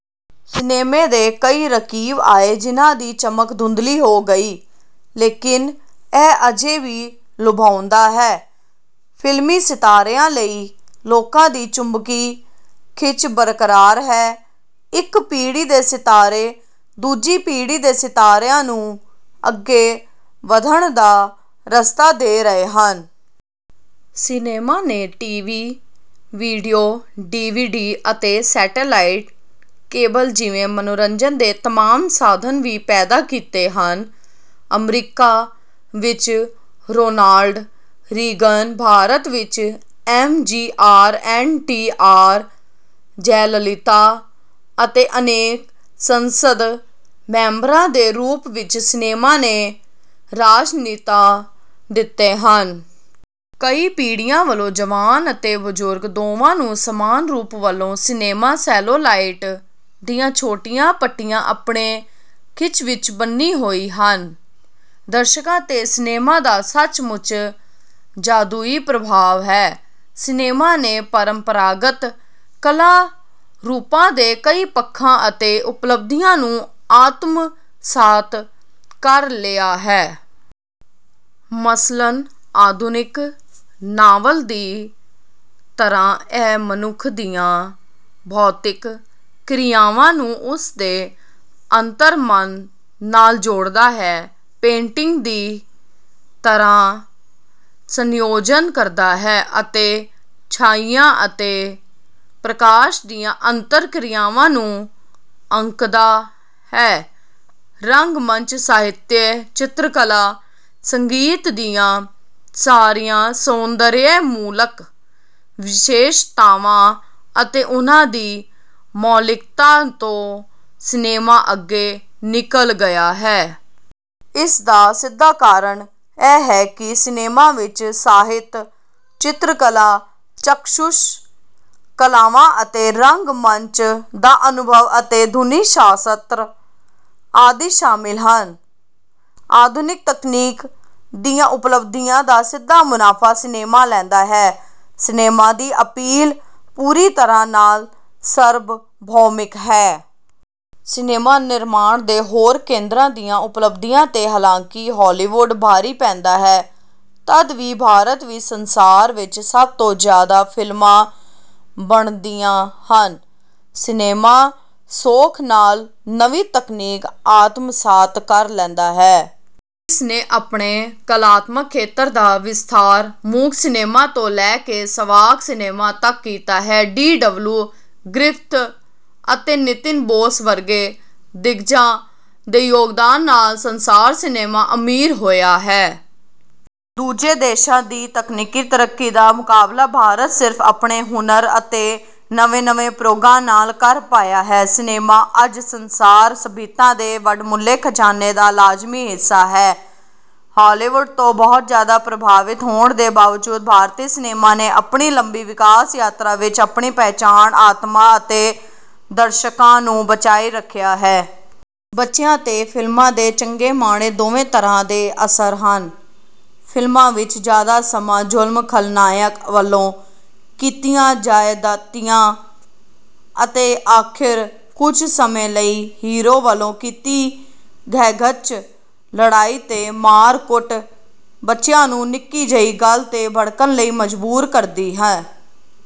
ਸਿਨੇਮੇ ਦੇ ਕਈ ਰਕੀਬ ਆਏ ਜਿਨ੍ਹਾਂ ਦੀ ਚਮਕ ਧੁੰਦਲੀ ਹੋ ਗਈ। ਲੇਕਿਨ ਇਹ ਅਜੇ ਵੀ ਲੁਭਾਉਂਦਾ ਹੈ। ਫਿਲਮੀ ਸਿਤਾਰਿਆਂ ਲਈ ਲੋਕਾਂ ਦੀ ਚੁੰਬਕੀ ਖਿੱਚ ਬਰਕਰਾਰ ਹੈ। ਇੱਕ ਪੀੜ੍ਹੀ ਦੇ ਸਿਤਾਰੇ ਦੂਜੀ ਪੀੜ੍ਹੀ ਦੇ ਸਿਤਾਰਿਆਂ ਨੂੰ ਅੱਗੇ ਵਧਣ ਦਾ ਰਸਤਾ ਦੇ ਰਹੇ ਹਨ। ਸਿਨੇਮਾ ਨੇ T. V., video, D. V. D. ਅਤੇ ਸੈਟੇਲਾਈਟ, ਕੇਬਲ ਜਿਵੇਂ ਮਨੋਰੰਜਨ ਦੇ ਤਮਾਮ ਸਾਧਨ ਵੀ ਪੈਦਾ ਕੀਤੇ ਹਨ। ਅਮਰੀਕਾ ਵਿੱਚ ਰੋਨਾਲਡ ਰੀਗਨ, ਭਾਰਤ ਵਿੱਚ M. G. R., N. T. R., Jayalalithaa ਅਤੇ ਅਨੇਕ ਸੰਸਦ ਮੈਂਬਰਾਂ ਦੇ ਰੂਪ ਵਿੱਚ ਸਿਨੇਮਾ ਨੇ ਰਾਜਨੇਤਾ ਦਿੱਤੇ ਹਨ। ਕਈ ਪੀੜ੍ਹੀਆਂ ਵੱਲੋਂ, ਜਵਾਨ ਅਤੇ ਬਜ਼ੁਰਗ, ਦੋਵਾਂ ਨੂੰ ਸਮਾਨ ਰੂਪ ਵੱਲੋਂ ਸਿਨੇਮਾ ਸੈਲੂਲਾਇਡ ਦੀਆਂ ਛੋਟੀਆਂ ਪੱਟੀਆਂ ਆਪਣੇ ਖਿੱਚ ਵਿੱਚ ਬੰਨ੍ਹੇ ਹੋਏ ਹਨ। ਦਰਸ਼ਕਾਂ 'ਤੇ ਸਿਨੇਮਾ ਦਾ ਸੱਚਮੁੱਚ ਜਾਦੂਈ ਪ੍ਰਭਾਵ ਹੈ। ਸਿਨੇਮਾ ਨੇ ਪਰੰਪਰਾਗਤ ਕਲਾ ਰੂਪਾਂ ਦੇ ਕਈ ਪੱਖਾਂ ਅਤੇ ਉਪਲੱਬਧੀਆਂ ਨੂੰ ਆਤਮਸਾਤ ਕਰ ਲਿਆ ਹੈ। ਮਸਲਨ ਆਧੁਨਿਕ ਨਾਵਲ ਦੀ ਤਰ੍ਹਾਂ ਇਹ ਮਨੁੱਖ ਦੀਆਂ ਭੌਤਿਕ ਕਿਰਿਆਵਾਂ ਨੂੰ ਉਸ ਦੇ ਅੰਤਰਮਨ ਨਾਲ ਜੋੜਦਾ ਹੈ, ਪੇਂਟਿੰਗ ਦੀ ਤਰ੍ਹਾਂ ਸੰਯੋਜਨ ਕਰਦਾ ਹੈ ਅਤੇ ਛਾਇਆ ਅਤੇ ਪ੍ਰਕਾਸ਼ ਦੀਆਂ ਅੰਤਰ-ਕਿਰਿਆਵਾਂ ਨੂੰ ਆਂਕਦਾ ਹੈ। ਰੰਗ-ਮੰਚ, ਸਾਹਿਤ, ਚਿੱਤਰਕਲਾ, ਸੰਗੀਤ ਦੀਆਂ ਸਾਰੀਆਂ ਸੌਂਦਰਿਆਮੂਲਕ ਵਿਸ਼ੇਸ਼ਤਾਵਾਂ ਅਤੇ ਉਨ੍ਹਾਂ ਦੀ ਮੌਲਿਕਤਾ ਤੋਂ ਸਿਨੇਮਾ ਅੱਗੇ ਨਿਕਲ ਗਿਆ ਹੈ। ਇਸ ਦਾ ਸਿੱਧਾ ਕਾਰਨ ਇਹ ਹੈ ਕਿ ਸਿਨੇਮਾ ਵਿੱਚ ਸਾਹਿਤ, ਚਿੱਤਰਕਲਾ, ਚਾਕਸ਼ੁਸ਼ ਕਲਾਵਾਂ ਅਤੇ ਰੰਗ-ਮੰਚ ਦਾ ਅਨੁਭਵ, ਅਤੇ ਧੁਨੀ-ਸ਼ਾਸਤਰ ਆਦਿ ਸ਼ਾਮਿਲ ਹਨ। ਆਧੁਨਿਕ ਤਕਨੀਕ ਦੀਆਂ ਉਪਲੱਬਧੀਆਂ ਦਾ ਸਿੱਧਾ ਮੁਨਾਫ਼ਾ ਸਿਨੇਮਾ ਲੈਂਦਾ ਹੈ। ਸਿਨੇਮਾ ਦੀ ਅਪੀਲ ਪੂਰੀ ਤਰ੍ਹਾਂ ਨਾਲ ਸਰਵਭੌਮਿਕ ਹੈ। ਸਿਨੇਮਾ ਨਿਰਮਾਣ ਦੇ ਹੋਰ ਕੇਂਦਰਾਂ ਦੀਆਂ ਉਪਲੱਬਧੀਆਂ 'ਤੇ ਹਾਲਾਂਕਿ ਹਾਲੀਵੁਡ ਭਾਰੀ ਪੈਂਦਾ ਹੈ, ਤਦ ਵੀ ਭਾਰਤ ਵਿੱਚ ਸੰਸਾਰ ਵਿੱਚ ਸਭ ਤੋਂ ਜ਼ਿਆਦਾ ਫਿਲਮਾਂ ਬਣਦੀਆਂ ਹਨ। ਸਿਨੇਮਾ ਸੌਖ ਨਾਲ ਨਵੀਂ ਤਕਨੀਕ ਆਤਮਸਾਤ ਕਰ ਲੈਂਦਾ ਹੈ। ਇਸ ਨੇ ਆਪਣੇ ਕਲਾਤਮਕ ਖੇਤਰ ਦਾ ਵਿਸਥਾਰ ਮੂਕ ਸਿਨੇਮਾ ਤੋਂ ਲੈ ਕੇ ਸਵਾਕ ਸਿਨੇਮਾ ਤੱਕ ਕੀਤਾ ਹੈ। ਡੀ. ਡਬਲਿਊ. ਗਰਿਫਿਥ ਅਤੇ ਨਿਤਿਨ ਬੋਸ ਵਰਗੇ ਦਿੱਗਜਾਂ ਦੇ ਯੋਗਦਾਨ ਨਾਲ ਸੰਸਾਰ ਸਿਨੇਮਾ ਅਮੀਰ ਹੋਇਆ ਹੈ। ਦੂਜੇ ਦੇਸ਼ਾਂ ਦੀ ਤਕਨੀਕੀ ਤਰੱਕੀ ਦਾ ਮੁਕਾਬਲਾ ਭਾਰਤ ਸਿਰਫ ਆਪਣੇ ਹੁਨਰ ਅਤੇ ਨਵੇਂ-ਨਵੇਂ ਪ੍ਰਯੋਗਾਂ ਨਾਲ ਕਰ ਪਾਇਆ ਹੈ। ਸਿਨੇਮਾ ਅੱਜ ਸੰਸਾਰ ਸਭਿਅਤਾ ਦੇ ਵਡਮੁੱਲੇ ਖਜ਼ਾਨੇ ਦਾ ਲਾਜ਼ਮੀ ਹਿੱਸਾ ਹੈ। ਹਾਲੀਵੁਡ ਤੋਂ ਬਹੁਤ ਜ਼ਿਆਦਾ ਪ੍ਰਭਾਵਿਤ ਹੋਣ ਦੇ ਬਾਵਜੂਦ ਭਾਰਤੀ ਸਿਨੇਮਾ ਨੇ ਆਪਣੀ ਲੰਮੀ ਵਿਕਾਸ ਯਾਤਰਾ ਵਿੱਚ ਆਪਣੀ ਪਹਿਚਾਣ, ਆਤਮਾ ਅਤੇ ਦਰਸ਼ਕਾਂ ਨੂੰ ਬਚਾਈ ਰੱਖਿਆ ਹੈ। ਬੱਚਿਆਂ 'ਤੇ ਫਿਲਮਾਂ ਦੇ ਚੰਗੇ-ਮਾੜੇ ਦੋਵੇਂ ਤਰ੍ਹਾਂ ਦੇ ਅਸਰ ਹਨ। ਫ਼ਿਲਮਾਂ ਵਿੱਚ ਜ਼ਿਆਦਾ ਸਮਾਂ ਜ਼ੁਲਮ, ਖਲਨਾਇਕ ਵੱਲੋਂ ਕੀਤੀਆਂ ਜ਼ਿਆਦਤੀਆਂ ਅਤੇ ਅਖੀਰ ਕੁਝ ਸਮੇਂ ਲਈ ਹੀਰੋ ਵੱਲੋਂ ਕੀਤੀ ਗਹਿਗੱਚ ਲੜਾਈ ਤੇ ਮਾਰ-ਕੁੱਟ ਬੱਚਿਆਂ ਨੂੰ ਨਿੱਕੀ ਜਿਹੀ ਗੱਲ 'ਤੇ ਭੜਕਣ ਲਈ ਮਜਬੂਰ ਕਰਦੀ ਹੈ।